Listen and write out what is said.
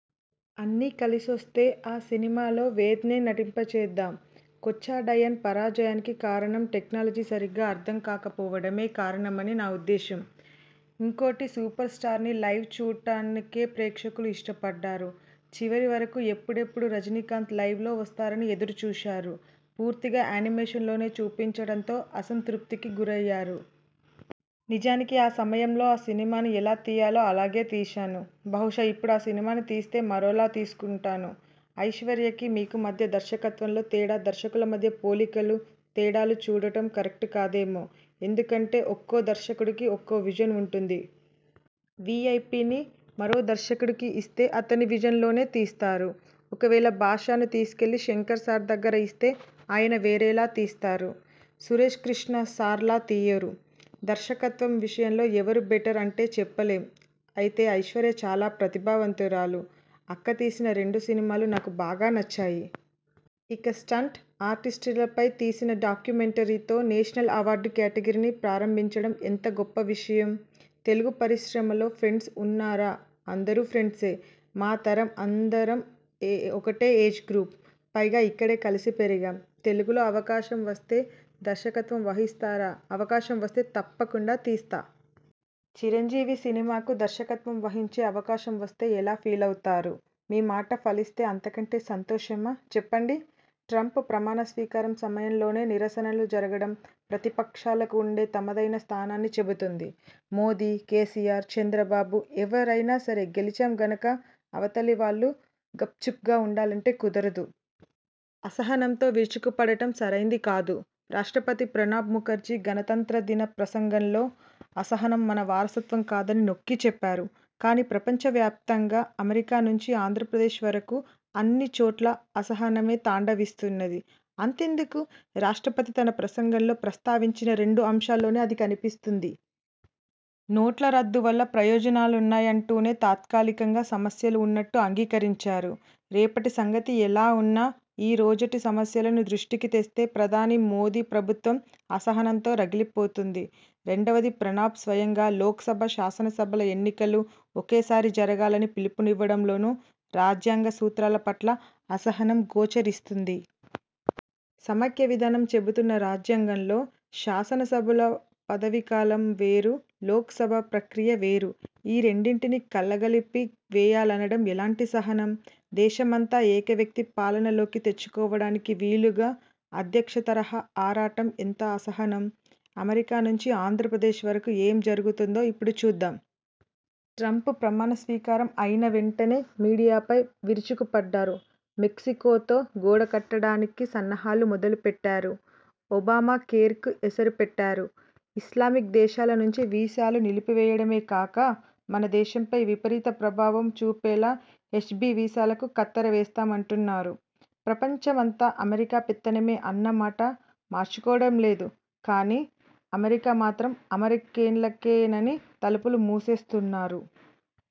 అన్నీ కలిసొస్తే ఆ సిని మాలో వేద్నే నటింపజేద్దాం. 'కోచ్చడయాన్' పరాజయానికి కారణం టెక్నాలజీ సరిగ్గా అర్ధంకాకపోవడమే కారణమని నా ఉద్దేశం. ఇంకోటి సూపర్స్టార్ను లైవ్ చూడడాన్నే ప్రేక్షకులు ఇష్టపడ్డారు. చివరి వరకు ఎప్పుడెప్పుడు రజనీకాంత్ లైవ్లో వస్తారని ఎదురుచూశారు. పూర్తిగా యానిమేషన్లోనే చూపించడంతో అసంతృప్తికి గురయ్యారు. నిజానికి ఆ సమయంలో ఆ సినిమాను ఎలా తీయాలో అలాగే తీశాను. బహుశా ఇప్పుడు ఆ సినిమాను తీస్తే మరోలా తీసుంటాను. ఐశ్వర్యకి, మీకు మధ్య దర్శకత్వంలో తేడా దర్శకుల మధ్య పోలికలు, తేడాలు చూడడం కరెక్టు కాదేమో. ఎందుకంటే ఒక్కో దర్శకుడికి ఒక్కో విజన్ ఉంటుంది. 'వీఐపి 'నే మరో దర్శకుడికి ఇస్తే అతని విజన్లోనే తీస్తారు. ఒకవేళ 'బాషా'ను తీసుకెళ్లి శంకర్ సార్ దగ్గర ఇస్తే ఆయన వేరేలా తీస్తారు. సురేష్కృష్ణ సార్లా తీయరు. దర్శకత్వం విషయంలో ఎవరు బెటర్ అంటే చెప్పలేం. అయితే ఐశ్వర్య చాలా ప్రతిభావంతురాలు. అక్క తీసిన రెండు సినిమాలు నాకు బాగా నచ్చాయి. ఇక స్టంట్ ఆర్టిస్ట్లపై తీసిన డాక్యుమెంటరీతో నేషనల్ అవార్డు కేటగిరీనే ప్రారంభించడం ఎంత గొప్ప విషయం. తెలుగు పరిశ్రమలో ఫ్రెండ్స్ ఉన్నారా అందరూ ఫ్రెండ్సే. మా తరం అందరం ఒకటే ఏజ్ గ్రూప్. పైగా ఇక్కడే కలిసి పెరిగాం. తెలుగులో అవకాశం వస్తే దర్శకత్వం వహిస్తారా అవకాశం వస్తే తప్పకుండా తీస్తా. చిరంజీవి సినిమాకు దర్శకత్వం వహించే అవకాశం వస్తే ఎలా ఫీలవుతారు మీ మాట ఫలిస్తే అంతకంటే సంతోషమా చెప్పండి. ట్రంప్ ప్రమాణ స్వీకారం సమయంలోనే నిరసనలు జరగడం ప్రతిపక్షాలకు వుండే తమదైన స్థానాన్ని చెబుతుంది. మోదీ, కేసీఆర్, చంద్రబాబు ఎవరైనా సరే గెలిచాం గనక అవతలివాళ్లు గప్చుప్గా వుండాలంటే కుదరదు. అసహనంతో విరుచుకుపడటం సరైందీ కాదు. రాష్ట్రపతి ప్రణబ్ ముఖర్జీ గణతంత్ర దిన ప్రసంగంలో అసహనం మన వారసత్వం కాదని నొక్కి చెప్పారు. కానీ ప్రపంచ వ్యాపితంగా అమెరికా నుంచి ఆంధ్రప్రదేశ్ వరకూ అన్నిచోట్లా అసహనమే తాండవిస్తున్నది. అంతెందుకు? రాష్ట్రపతి తన ప్రసంగంలో ప్రస్తావించిన రెండు అంశాల్లోనే అది కనిపిస్తుంది. నోట్లరద్దు వల్ల ప్రయోజనాలున్నాయంటూనే తాత్కాలికంగా సమస్యలు వున్నట్టు అంగీకరించారు. రేపటి సంగతి ఎలా వున్నా ఈ రోజటి సమస్యలను దృష్టికి తెస్తే ప్రధాని మోదీ ప్రభుత్వం అసహనంతో రగిలిపోతుంది. రెండవది ప్రణబ్ స్వయంగా లోక్సభ శాసనసభల ఎన్నికలు ఒకేసారి జరగాలని పిలుపునివ్వడంలోనూ రాజ్యాంగ సూత్రాల పట్ల అసహనం గోచరిస్తుంది. సమాఖ్య విధానం చెబుతున్న రాజ్యాంగంలో శాసనసభల పదవీ కాలం వేరు లోక్సభ ప్రక్రియ వేరు. ఈ రెంటినీ కలగలిపి వేయాలనడం ఎలాటి సహనం? దేశమంతా ఏకవ్యక్తి పాలనలోకి తెచ్చుకోవడానికి వీలుగా అధ్యక్ష తరహా ఆరాటం ఎంత అసహనం? అమెరికా నుంచి ఆంధ్రప్రదేశ్ వరకూ ఏం జరుగుతుందో ఇప్పుడు చూద్దాం. ట్రంప్ ప్రమాణస్వీకారం అయిన వెంటనే మీడియాపై విరుచుకుపడ్డారు. మెక్సికోతో గోడ కట్టడానికి సన్నాహాలు మొదలు పెట్టారు. ఒబామా కేర్కు ఎసరు పెట్టారు. ఇస్లామిక్ దేశాల నుంచి వీసాలు నిలిపివేయడమే గాక మన దేశంపై విపరీత ప్రభావం చూపేలా హెచ్ బీ వీసాలకు కత్తెర వేస్తామంటున్నారు. ప్రపంచమంతా అమెరికా పెత్తనమే అన్న మాట మార్చుకోవడం లేదు గానీ అమెరికా మాత్రం అమెరికన్లకేనని తలుపులు మూసేస్తున్నారు.